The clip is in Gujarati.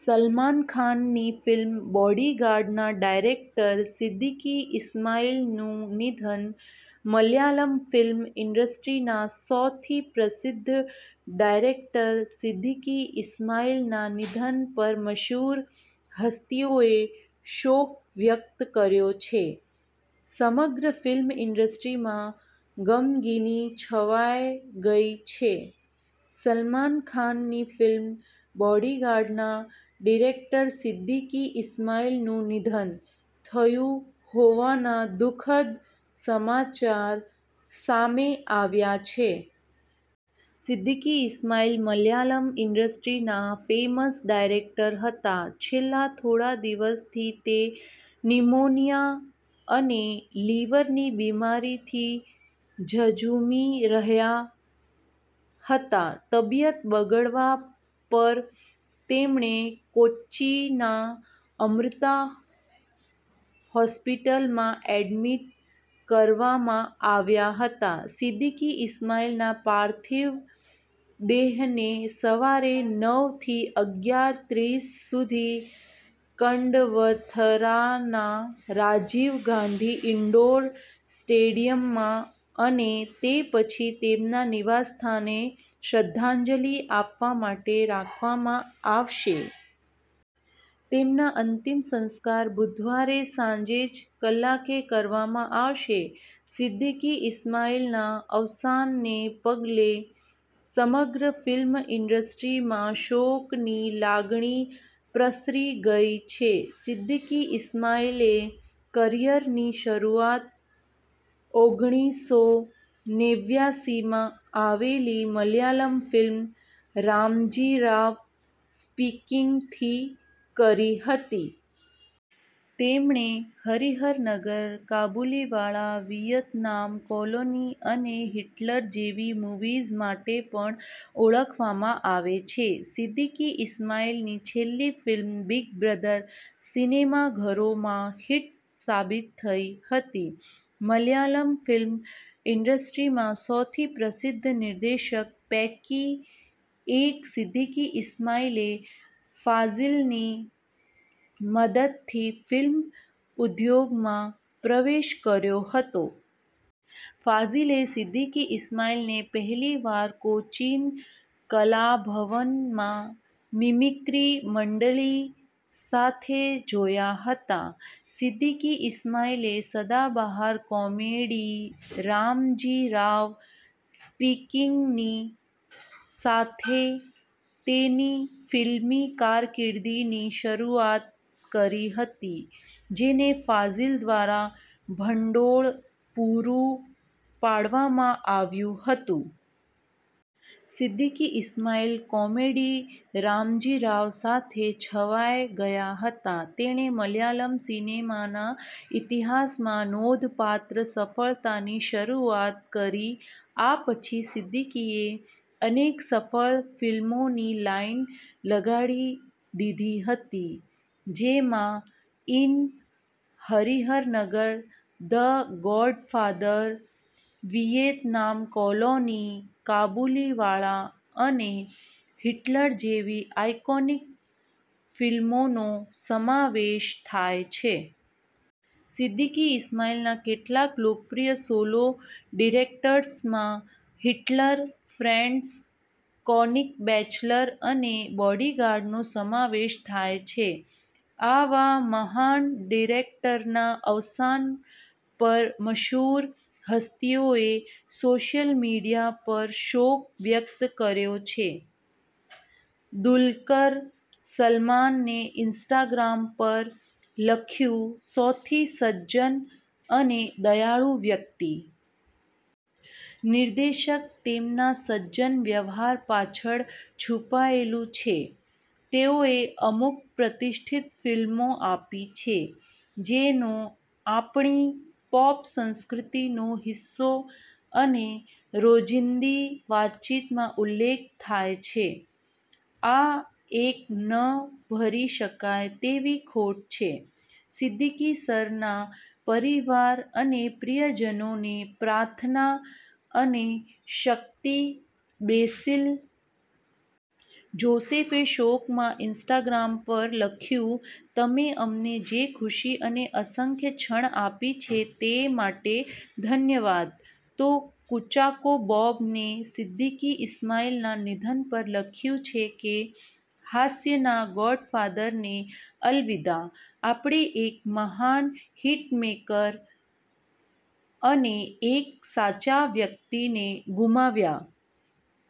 સલમાન ખાનની ફિલ્મ 'બોડીગાર્ડ'ના ડાયરેક્ટર સિદ્દીકી ઈસ્માઈલનું નિધન, મલયાલમ ફિલ્મ ઇન્ડસ્ટ્રીના સૌથી પ્રસિદ્ધ ડાયરેક્ટર સિદ્દીકી ઇસ્માઇલના નિધન પર મશહૂર હસ્તીઓએ શોક વ્યક્ત કર્યો છે. સમગ્ર ફિલ્મ ઇન્ડસ્ટ્રીમાં ગમગીની છવાય ગઇ છે. સલમાન ખાનની ફિલ્મ બોડીગાર્ડના ડિરેક્ટર સિદ્દીકી ઈસ્માઈલનું નિધન થયું હોવાના દુ:ખદ સમાચાર સામે આવ્યાં છે. સિદ્દીકી ઈસ્માઈલ મલયાલમ ઈન્ડસ્ટ્રીના ફેમસ ડાયરેક્ટર હતા. છેલ્લા થોડા દિવસથી તે નિમોનિયા અને લીવરની બિમારીથી ઝઝુમી રહ્યા હતા. તબીયત બગડવા પર તેમણે કોચ્ચિના અમૃતા હોસ્પિટલમાં એડમિટ કરવામાં આવ્યા હતા. સિદ્દીકી ઈસ્માઈલના પાર્થિવ દેહને સવારે નવ થી અગ્યાર ત્રીસ સુધી કડવંથરાના રાજીવ ગાંધી ઇન્ડોર સ્ટેડિયમમાં અને તે પછી તેમના નિવાસસ્થાને શ્રદ્ધાંજલિ આપવા માટે રાખવામાં આવશે. તેમના અંતિમ સંસ્કાર બુધવારે સાંજે છ કલાકે કરવામાં આવશે. સિદ્દીકી ઈસ્માઈલના અવસાનને પગલે સમગ્ર ફિલ્મ ઇન્ડસ્ટ્રીમાં શોકની લાગણી પ્રસરી ગઇ છે. સિદ્દીકી ઇસ્માઇલે કરિયરની શરૂઆત ઓગણીસો નેવ્યાસીમાં આવેલી મલયાલમ ફિલ્મ 'રામજી રાવ સ્પીકિંગ'થી કરી હતી. તેમણે 'હરિહર નગર', 'કાબુલીવાલા', 'વિયતનામ કોલોની', અને 'હિટલર' જેવી મૂવીઝ માટે પણ ઓળખવામાં આવે છે. સિદ્દીકી ઈસ્માઈલની છેલ્લી ફિલ્મ બિગ બ્રઘર સિનેમાઘરોમાં હિટ સાબિત થઇ હતી. મલયાલમ ફિલ્મ ઇન્ડસ્ટ્રીમાં સૌથી પ્રસિદ્ધ નિર્દેશક પૈકી એક સિદ્દીકી ઈસ્માઈલે ફાઝિલની મદદથી ફિલ્મ ઉધોગમાં પ્રવેશ કર્યો હતો. ફાઝિલે સિદ્દીકી ઈસ્માઈલને પહેલીવાર કોચીન કલાભવનમાં મિમિક્રી મંડળી સાથે જોયા હતા. સિદ્દીકી ઇસ્માઇલે સદાબહાર 'કોમેડી રામજી રાવ' સ્પીકિંગની સાથે તેની ફિલ્મી કારકિર્દીની શરૂઆત કરી હતી. જેને ફાઝિલ દ્વારા ભંડોળ પૂરું પાડવામાં આવ્યું હતું. સિદ્દીકી ઇસ્માઇલ કોમેડી 'રામજી રાવ' સાથે છવાય ગયા હતા. તેણે મલયાલમ સિનેમાના ઇતિહાસમાં નોંધપાત્ર સફળતાની શરૂઆત કરી. આ પછી સિદ્દીકીએ અનેક સફળ ફિલ્મોની લાઇન લગાડી દીધી હતી. જેમાં in Harihar Nagar, the Godfather, Vietnam colony, Kabuliwala, અને હિટલર જેવી આઇકોનિક ફિલ્મોનો સમાવેશ થાય છે. સિદ્દીકી ઈસ્માઈલના કેટલાક લોકપ્રિય સોલો ડિરેક્ટર્સમાં હિટલર, ફ્રેન્ડ્સ, ક્રોનિક બેચલર અને બોડીગાર્ડનો સમાવેશ થાય છે. આવા મહાન ડિરેક્ટરના અવસાન પર મશહૂર હસ્તિઓએ સોશિયલ મીડિયા પર શોક વ્યક્ત કર્યો છે. દુલકર સલમાને ઇન્સ્ટાગ્રામ પર લખ્યું, સૌથી સજ્જન અને દયાળુ વ્યક્તિ. નિર્દેશક તેમના સજ્જન વ્યવહાર પાછળ છુપાયેલું છે. તેઓએ અમુક પ્રતિષ્ઠિત ફિલ્મો આપી છે. જેનો આપણી પોપ સંસ્કૃતિનો હિસ્સો અને રોજિંદી વાતચીતમાં ઉલ્લેખ થાય છે. આ એક ન ભરી શકાય તેવી ખોટ છે. સિદ્દીકી સરના પરિવાર અને પ્રિયજનોને પ્રાર્થના અને શક્તિ. બેસિલ જોસેફે શોકમાં ઇન્સ્ટાગ્રામ પર લખ્યું, તમે અમને જે ખુશી અને અસંખ્ય ક્ષણ આપી છે તે માટે ધન્યવાદ. તો કુંચાકો બોબને સિદ્દીકી ઇસ્માઇલના નિધન પર લખ્યું છે કે, હાસ્યના ગોડફાધરને અલવિદા. આપણે એક મહાન હિટમેકર અને એક સાચા વ્યક્તિને ગુમાવ્યા.